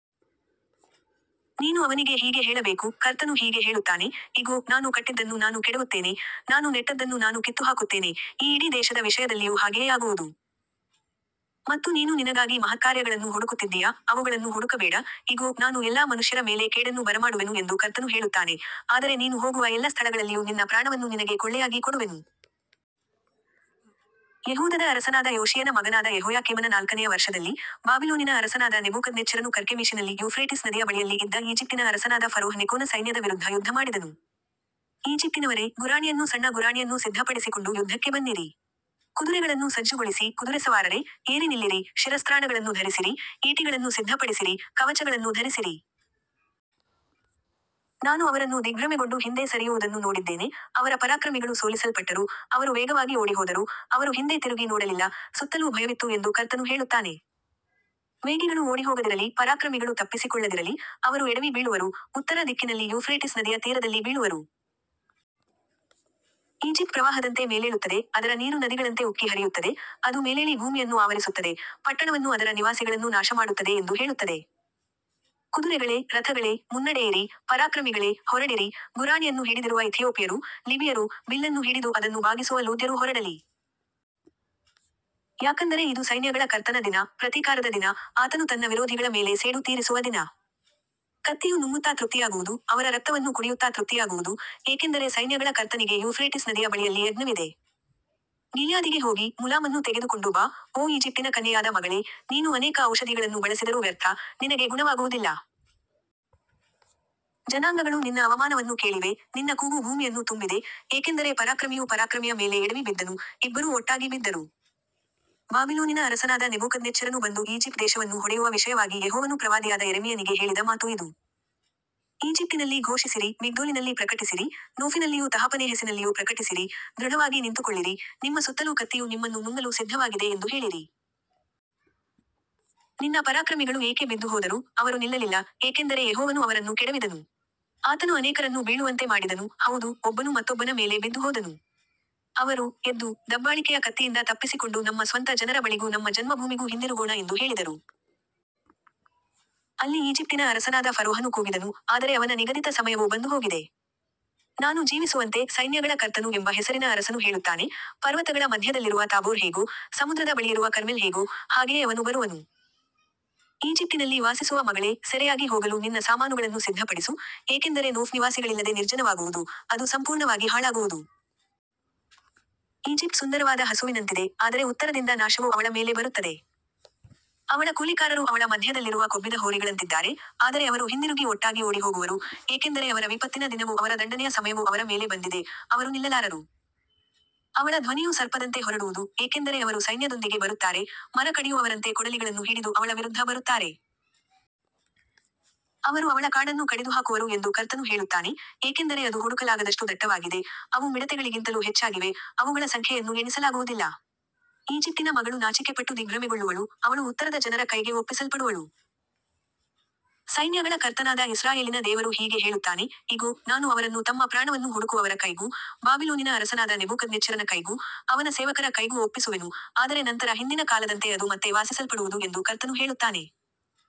ನೀನು ಅವನಿಗೆ ಹೀಗೆ ಹೇಳಬೇಕು, ಕರ್ತನು ಹೀಗೆ ಹೇಳುತ್ತಾನೆ, ಇಗೋ, ನಾನು ಕಟ್ಟಿದ್ದನ್ನು ನಾನು ಕೆಡವುತ್ತೇನೆ, ನಾನು ನೆಟ್ಟದ್ದನ್ನು ನಾನು ಕಿತ್ತುಹಾಕುತ್ತೇನೆ, ಈ ಇಡೀ ದೇಶದ ವಿಷಯದಲ್ಲಿಯೂ ಹಾಗೆಯೇ ಆಗುವುದು. ಮತ್ತು ನೀನು ನಿನಗಾಗಿ ಮಹತ್ಕಾರ್ಯಗಳನ್ನು ಹುಡುಕುತ್ತಿದ್ದೀಯಾ, ಅವುಗಳನ್ನು ಹುಡುಕಬೇಡ, ಇಗೋ, ನಾನು ಎಲ್ಲಾ ಮನುಷ್ಯರ ಮೇಲೆ ಕೇಡನ್ನು ಬರಮಾಡುವೆನು ಎಂದು ಕರ್ತನು ಹೇಳುತ್ತಾನೆ, ಆದರೆ ನೀನು ಹೋಗುವ ಎಲ್ಲ ಸ್ಥಳಗಳಲ್ಲಿಯೂ ನಿನ್ನ ಪ್ರಾಣವನ್ನು ನಿನಗೆ ಕೊಳ್ಳೆಯಾಗಿ ಕೊಡುವೆನು. ಯೆಹೂದದ ಅರಸನಾದ ಯೋಷೀಯನ ಮಗನಾದ ಯೆಹೋಯಾಕೀಮನ ನಾಲ್ಕನೆಯ ವರ್ಷದಲ್ಲಿ, ಬಾಬಿಲೋನಿನ ಅರಸನಾದ ನೆಬೂಕದ್ನೆಚ್ಚರನು ಕರ್ಕೆಮೀಷಿನಲ್ಲಿ ಯೂಫ್ರೇಟಿಸ್ ನದಿಯ ಬಳಿಯಲ್ಲಿ ಇದ್ದ ಈಜಿಪ್ಟಿನ ಅರಸನಾದ ಫರೋಹ್ ನೆಕೋನ ಸೈನ್ಯದ ವಿರುದ್ಧ ಯುದ್ಧಮಾಡಿದನು. ಈಜಿಪ್ಟಿನವರೇ, ಗುರಾಣಿಯನ್ನೂ ಸಣ್ಣ ಗುರಾಣಿಯನ್ನೂ ಸಿದ್ಧಪಡಿಸಿಕೊಂಡು ಯುದ್ಧಕ್ಕೆ ಬನ್ನಿರಿ. ಕುದುರೆಗಳನ್ನು ಸಜ್ಜುಗೊಳಿಸಿ, ಕುದುರೆಸವಾರರೇ, ಏರಿ ನಿಲ್ಲಿರಿ, ಶಿರಸ್ತ್ರಾಣಗಳನ್ನು ಧರಿಸಿರಿ, ಈಟಿಗಳನ್ನು ಸಿದ್ಧಪಡಿಸಿರಿ, ಕವಚಗಳನ್ನು ಧರಿಸಿರಿ. ನಾನು ಅವರನ್ನು ದಿಗ್ಭ್ರಮೆಗೊಂಡು ಹಿಂದೆ ಸರಿಯುವುದನ್ನು ನೋಡಿದ್ದೇನೆ, ಅವರ ಪರಾಕ್ರಮಿಗಳು ಸೋಲಿಸಲ್ಪಟ್ಟರು, ಅವರು ವೇಗವಾಗಿ ಓಡಿಹೋದರು, ಅವರು ಹಿಂದೆ ತಿರುಗಿ ನೋಡಲಿಲ್ಲ, ಸುತ್ತಲೂ ಭಯವಿತ್ತು ಎಂದು ಕರ್ತನು ಹೇಳುತ್ತಾನೆ. ವೇಗಿಗಳು ಓಡಿಹೋಗದಿರಲಿ, ಪರಾಕ್ರಮಿಗಳು ತಪ್ಪಿಸಿಕೊಳ್ಳದಿರಲಿ, ಅವರು ಎಡವಿ ಬೀಳುವರು, ಉತ್ತರ ದಿಕ್ಕಿನಲ್ಲಿ ಯೂಫ್ರೇಟಿಸ್ ನದಿಯ ತೀರದಲ್ಲಿ ಬೀಳುವರು. ಈಜಿಪ್ಟ್ ಪ್ರವಾಹದಂತೆ ಮೇಲೇಳುತ್ತದೆ, ಅದರ ನೀರು ನದಿಗಳಂತೆ ಉಕ್ಕಿ ಹರಿಯುತ್ತದೆ, ಅದು ಮೇಲೇಳಿ ಭೂಮಿಯನ್ನು ಆವರಿಸುತ್ತದೆ, ಪಟ್ಟಣವನ್ನೂ ಅದರ ನಿವಾಸಿಗಳನ್ನೂ ನಾಶಮಾಡುತ್ತದೆ ಎಂದು ಹೇಳುತ್ತದೆ. ಕುದುರೆಗಳೇ, ರಥಗಳೇ, ಮುನ್ನಡೆಯಿರಿ, ಪರಾಕ್ರಮಿಗಳೇ, ಹೊರಡಿರಿ, ಗುರಾಣಿಯನ್ನು ಹಿಡಿದಿರುವ ಇಥಿಯೋಪಿಯರೂ, ಲಿಬಿಯರೂ, ಬಿಲ್ಲನ್ನು ಹಿಡಿದು ಅದನ್ನು ಬಾಗಿಸುವ ಲೂದ್ಯರೂ ಹೊರಡಲಿ. ಯಾಕಂದರೆ ಇದು ಸೈನ್ಯಗಳ ಕರ್ತನ ದಿನ, ಪ್ರತೀಕಾರದ ದಿನ, ಆತನು ತನ್ನ ವಿರೋಧಿಗಳ ಮೇಲೆ ಸೇಡು ತೀರಿಸುವ ದಿನ. ಕತ್ತಿಯು ನುಂಗುತ್ತಾ ತೃಪ್ತಿಯಾಗುವುದು, ಅವರ ರಕ್ತವನ್ನು ಕುಡಿಯುತ್ತಾ ತೃಪ್ತಿಯಾಗುವುದು, ಏಕೆಂದರೆ ಸೈನ್ಯಗಳ ಕರ್ತನಿಗೆ ಯೂಫ್ರೇಟಿಸ್ ನದಿಯ ಬಳಿಯಲ್ಲಿ ಯಜ್ಞವಿದೆ. ಗಿಲ್ಯಾದಿಗೆ ಹೋಗಿ, ಮುಲಾಮನ್ನು ತೆಗೆದುಕೊಂಡು ಬಾ, ಓ ಈಜಿಪ್ಟಿನ ಕನ್ಯೆಯಾದ ಮಗಳೇ, ನೀನು ಅನೇಕ ಔಷಧಿಗಳನ್ನು ಬಳಸಿದರೂ ವ್ಯರ್ಥ, ನಿನಗೆ ಗುಣವಾಗುವುದಿಲ್ಲ. ಜನಾಂಗಗಳು ನಿನ್ನ ಅವಮಾನವನ್ನು ಕೇಳಿವೆ, ನಿನ್ನ ಕೂಗು ಭೂಮಿಯನ್ನು ತುಂಬಿದೆ, ಏಕೆಂದರೆ ಪರಾಕ್ರಮಿಯು ಪರಾಕ್ರಮಿಯ ಮೇಲೆ ಎಡವಿ ಬಿದ್ದನು, ಇಬ್ಬರೂ ಒಟ್ಟಾಗಿ ಬಿದ್ದರು. ಬಾಬಿಲೋನಿನ ಅರಸನಾದ ನೆಬೂಕದ್ನೆಚ್ಚರನು ಬಂದು ಈಜಿಪ್ಟ್ ದೇಶವನ್ನು ಹೊಡೆಯುವ ವಿಷಯವಾಗಿ ಯೆಹೋವನು ಪ್ರವಾದಿಯಾದ ಯೆರೆಮೀಯನಿಗೆ ಹೇಳಿದ ಮಾತು ಇದು. ಈಜಿಪ್ಟಿನಲ್ಲಿ ಘೋಷಿಸಿರಿ, ಮಿಗ್ದೋಲಿನಲ್ಲಿ ಪ್ರಕಟಿಸಿರಿ, ನೋಫಿನಲ್ಲಿಯೂ ತಹಪನೇಹೆಸಿನಲ್ಲಿಯೂ ಪ್ರಕಟಿಸಿರಿ, ದೃಢವಾಗಿ ನಿಂತುಕೊಳ್ಳಿರಿ, ನಿಮ್ಮ ಸುತ್ತಲೂ ಕತ್ತಿಯು ನಿಮ್ಮನ್ನು ನುಂಗಲು ಸಿದ್ಧವಾಗಿದೆ ಎಂದು ಹೇಳಿರಿ. ನಿನ್ನ ಪರಾಕ್ರಮಿಗಳು ಏಕೆ ಬಿದ್ದುಹೋದರು, ಅವರು ನಿಲ್ಲಲಿಲ್ಲ, ಏಕೆಂದರೆ ಯೆಹೋವನು ಅವರನ್ನು ಕೆಡವಿದನು. ಆತನು ಅನೇಕರನ್ನು ಬೀಳುವಂತೆ ಮಾಡಿದನು, ಹೌದು, ಒಬ್ಬನು ಮತ್ತೊಬ್ಬನ ಮೇಲೆ ಬಿದ್ದುಹೋದನು. ಅವರು, ಎದ್ದು, ದಬ್ಬಾಳಿಕೆಯ ಕತ್ತಿಯಿಂದ ತಪ್ಪಿಸಿಕೊಂಡು ನಮ್ಮ ಸ್ವಂತ ಜನರ ಬಳಿಗೂ ನಮ್ಮ ಜನ್ಮಭೂಮಿಗೂ ಹಿಂದಿರುಗೋಣ ಎಂದು ಹೇಳಿದರು. ಅಲ್ಲಿ ಈಜಿಪ್ಟಿನ ಅರಸನಾದ ಫರೋಹನು ಕೂಗಿದನು, ಆದರೆ ಅವನ ನಿಗದಿತ ಸಮಯವು ಬಂದುಹೋಗಿದೆ. ನಾನು ಜೀವಿಸುವಂತೆ, ಸೈನ್ಯಗಳ ಕರ್ತನು ಎಂಬ ಹೆಸರಿನ ಅರಸನು ಹೇಳುತ್ತಾನೆ, ಪರ್ವತಗಳ ಮಧ್ಯದಲ್ಲಿರುವ ತಾಬೋರ್ ಹೇಗೋ, ಸಮುದ್ರದ ಬಳಿಯಿರುವ ಕರ್ಮೆಲ್ ಹೇಗೋ, ಹಾಗೆಯೇ ಅವನು ಬರುವನು. ಈಜಿಪ್ಟಿನಲ್ಲಿ ವಾಸಿಸುವ ಮಗಳೇ, ಸೆರೆಯಾಗಿ ಹೋಗಲು ನಿನ್ನ ಸಾಮಾನುಗಳನ್ನು ಸಿದ್ಧಪಡಿಸು, ಏಕೆಂದರೆ ನೋಫ್ ನಿವಾಸಿಗಳಿಲ್ಲದೆ ನಿರ್ಜನವಾಗುವುದು, ಅದು ಸಂಪೂರ್ಣವಾಗಿ ಹಾಳಾಗುವುದು. ಈಜಿಪ್ಟ್ ಸುಂದರವಾದ ಹಸುವಿನಂತಿದೆ, ಆದರೆ ಉತ್ತರದಿಂದ ನಾಶವು ಅವಳ ಮೇಲೆ ಬರುತ್ತದೆ. ಅವಳ ಕೂಲಿಕಾರರು ಅವಳ ಮಧ್ಯದಲ್ಲಿರುವ ಕೊಬ್ಬಿದ ಹೋರಿಗಳಂತಿದ್ದಾರೆ, ಆದರೆ ಅವರೂ ಹಿಂದಿರುಗಿ ಒಟ್ಟಾಗಿ ಓಡಿಹೋಗುವರು, ಏಕೆಂದರೆ ಅವರ ವಿಪತ್ತಿನ ದಿನವೂ ಅವರ ದಂಡನೆಯ ಸಮಯವೂ ಅವರ ಮೇಲೆ ಬಂದಿದೆ, ಅವರು ನಿಲ್ಲಲಾರರು. ಅವಳ ಧ್ವನಿಯು ಸರ್ಪದಂತೆ ಹೊರಡುವುದು, ಏಕೆಂದರೆ ಅವರು ಸೈನ್ಯದೊಂದಿಗೆ ಬರುತ್ತಾರೆ, ಮರ ಕಡಿಯುವವರಂತೆ ಕೊಡಲಿಗಳನ್ನು ಹಿಡಿದು ಅವಳ ವಿರುದ್ಧ ಬರುತ್ತಾರೆ. ಅವರು ಅವಳ ಕಾಡನ್ನು ಕಡಿದುಹಾಕುವರು ಎಂದು ಕರ್ತನು ಹೇಳುತ್ತಾನೆ, ಏಕೆಂದರೆ ಅದು ಹುಡುಕಲಾಗದಷ್ಟು ದಟ್ಟವಾಗಿದೆ, ಅವು ಮಿಡತೆಗಳಿಗಿಂತಲೂ ಹೆಚ್ಚಾಗಿವೆ, ಅವುಗಳ ಸಂಖ್ಯೆಯನ್ನು ಎಣಿಸಲಾಗುವುದಿಲ್ಲ. ಈಜಿಪ್ಟಿನ ಮಗಳು ನಾಚಿಕೆಪಟ್ಟು ದಿಗ್ಭ್ರಮೆಗೊಳ್ಳುವಳು, ಅವಳು ಉತ್ತರದ ಜನರ ಕೈಗೆ ಒಪ್ಪಿಸಲ್ಪಡುವಳು. ಸೈನ್ಯಗಳ ಕರ್ತನಾದ ಇಸ್ರಾಯೇಲಿನ ದೇವರು ಹೀಗೆ ಹೇಳುತ್ತಾನೆ, ಇಗೋ, ನಾನು ಅವರನ್ನು ತಮ್ಮ ಪ್ರಾಣವನ್ನು ಹುಡುಕುವವರ ಕೈಗೂ, ಬಾಬಿಲೋನಿನ ಅರಸನಾದ ನೆಬೂಕದ್ನೆಚ್ಚರನ ಕೈಗೂ, ಅವನ ಸೇವಕರ ಕೈಗೂ ಒಪ್ಪಿಸುವೆನು, ಆದರೆ ನಂತರ ಹಿಂದಿನ ಕಾಲದಂತೆ ಅದು ಮತ್ತೆ ವಾಸಿಸಲ್ಪಡುವುದು ಎಂದು ಕರ್ತನು ಹೇಳುತ್ತಾನೆ.